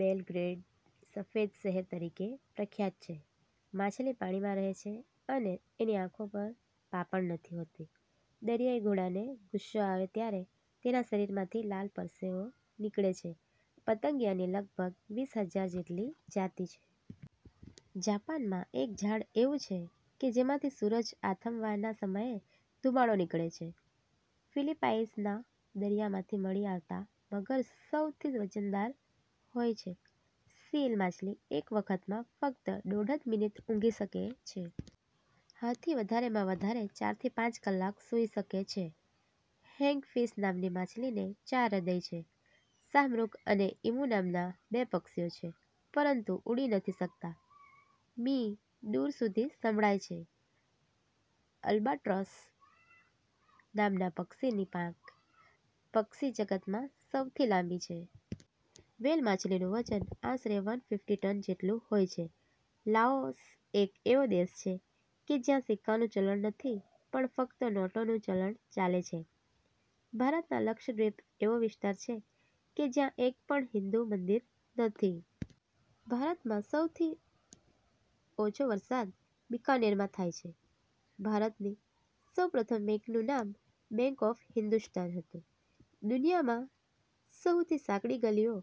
Belgrade સફેદ શહેર તરીકે પ્રખ્યાત છે. માછલી પાણીમાં રહે છે પણ એની આંખો પર પાંપણ નથી હોતી. દરિયાઈ ઘોડાને ગુસ્સો આવે ત્યારે તેનાં શરીરમાંથી લાલ પરસવો નીકળે છે. પતંગિયાની લગભગ વીસ હજાર જેટલી જાતિ છે. જાપાનમાં એક ઝાડ એવું છે કે જેમાંથી સૂરજ આથમવાના સમયે ધુમાડો નીકળે છે. ફિલિપાઈંસના દરિયામાંથી મળી આવતા મગર સૌથી વજનદાર હોય છે. સીલ માછલી એક વખતમાં ફક્ત દોઢ જ મિનિટ ઊંઘી શકે છે. હાથી વધારેમાં વધારે ચારથી પાંચ કલાક સૂઈ શકે છે. હેંગફિશ નામની માછલીને ચાર હૃદય છે. શાહમૃગ અને ઈમુ નામના બે પક્ષીઓ છે પરંતુ ઉડી નથી શકતા. મી. દૂર સુધી સંભળાય છે. અલ્બાટ્રોર્સ નામના પક્ષીની પાંખ પક્ષી જગતમાં સૌથી લાંબી છે. વ્હેલ માછલીનું વજન આશરે વન ફિફ્ટી ટન જેટલું હોય છે. લાઓસ એક એવો દેશ છે કે જ્યાં સિક્કાનું ચલણ નહિ, પણ ફક્ત નોટોનું ચલણ ચાલે છે. ભારતના લક્ષદ્વિપ એવો વિસ્તાર છે કે જ્યાં એક પણ હિન્દુ મંદિર નથી. ભારતમાં સહુથી ઓછો વરસાદ બિકાનેરમાં થાય છે. ભારતની સૌ પ્રથમ બેંકનું નામ 'બેંક ઓફ હિન્દુસ્તાન' હતું! દુનિયામાં સહુથી સાંકડી ગલીઓ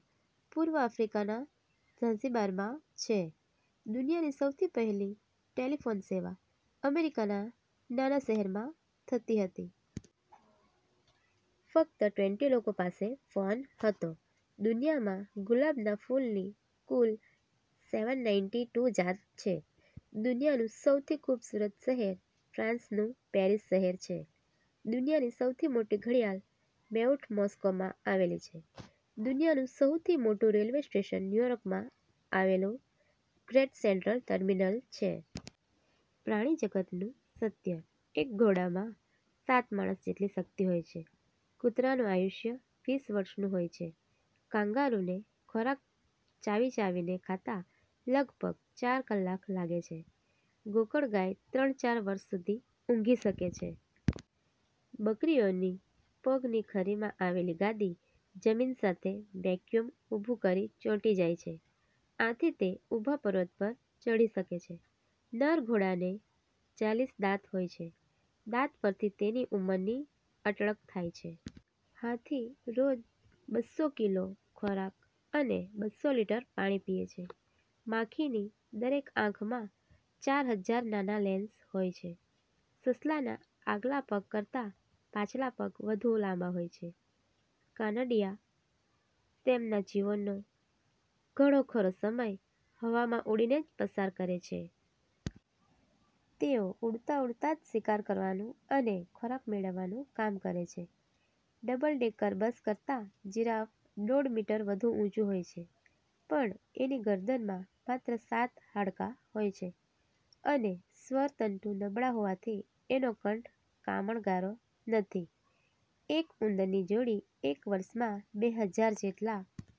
પૂર્વ આફ્રિકાના ઝાંઝીબારમાં છે! દુનિયાની સૌથી પહેલી ટેલિફોન સેવા અમેરિકાના નાના શહેરમાં થઈ હતી. ફક્ત ટ્વેન્ટીલોકો પાસે ફોન હતો. દુનિયામાં ગુલાબના ફૂલની કુલ સેવન નાઇન્ટી ટૂ જાત છે. દુનિયાનું સૌથી ખૂબસૂરત શહેર ફ્રાંસનું પેરિસ શહેર છે. દુનિયાની સૌથી મોટી ઘડિયાળ મેઉથ મૉસ્કોમાં આવેલી છે. દુનિયાનું સહુથી મોટું રેલ્વે સ્ટેશન ન્યુયોર્કમાં આવેલું 'ગ્રેટ સેંટ્રલ ટર્મિનલ' છે. પ્રાણી જગતનું સત્ય: એક ઘોડામાં સાત માણસ જેટલી શક્તિ હોય છે. કૂતરાનું આયુષ્ય વીસ વર્ષનું હોય છે. કાંગારુને ખોરાક ચાવીચાવીને ખાતા લગભગ ચાર કલાક લાગે છે. ગોકળ ગાય ત્રણ ચાર વર્ષ સુધી ઊંઘી શકે છે. બકરીઓની પગની ખરીમાં આવેલી ગાદી જમીન સાથે વૅક્યુમ ઊભું કરી ચોંટી જાય છે. આથી તે ઊભા પર્વત ચઢી શકે છે. નર ઘોડાને ચાલીસ દાંત હોય છે. દાંત પરથી તેની ઉંમરની અટકળ થાય છે. હાથી રોજ બસ્સો કિલો ખોરાક અને બસ્સો લિટર પાણી પીએ છે. માખીની દરેક આંખમાં ચાર હજાર નાના લૅંસ હોય છે. સસલાના આગલા પગ કરતા પાછલા પગ વધુ લાંબા હોય છે. કાનડિયા તેમના જીવનનો ઘણો ખરો સમય હવામાં ઊડીને જ પસાર કરે છે. તેઓ ઊડતાં ઊડતાં જ શિકાર કરવાનું અને ખોરાક મેળવવાનું કામ કરે છે. ડબલ ડેકર બસ કરતાં જિરાફ દોઢ મીટર વધુ ઊચું હોય છે, પણ એની ગરદનમાં માત્ર સાત હાડકાં હોય છે અને સ્વરતંતુ નબળા હોવાથી એનો કંઠ કામણ ગારો નથી. એક ઉંદરની જોડી એક વર્ષમાં બે હજાર જેટલાં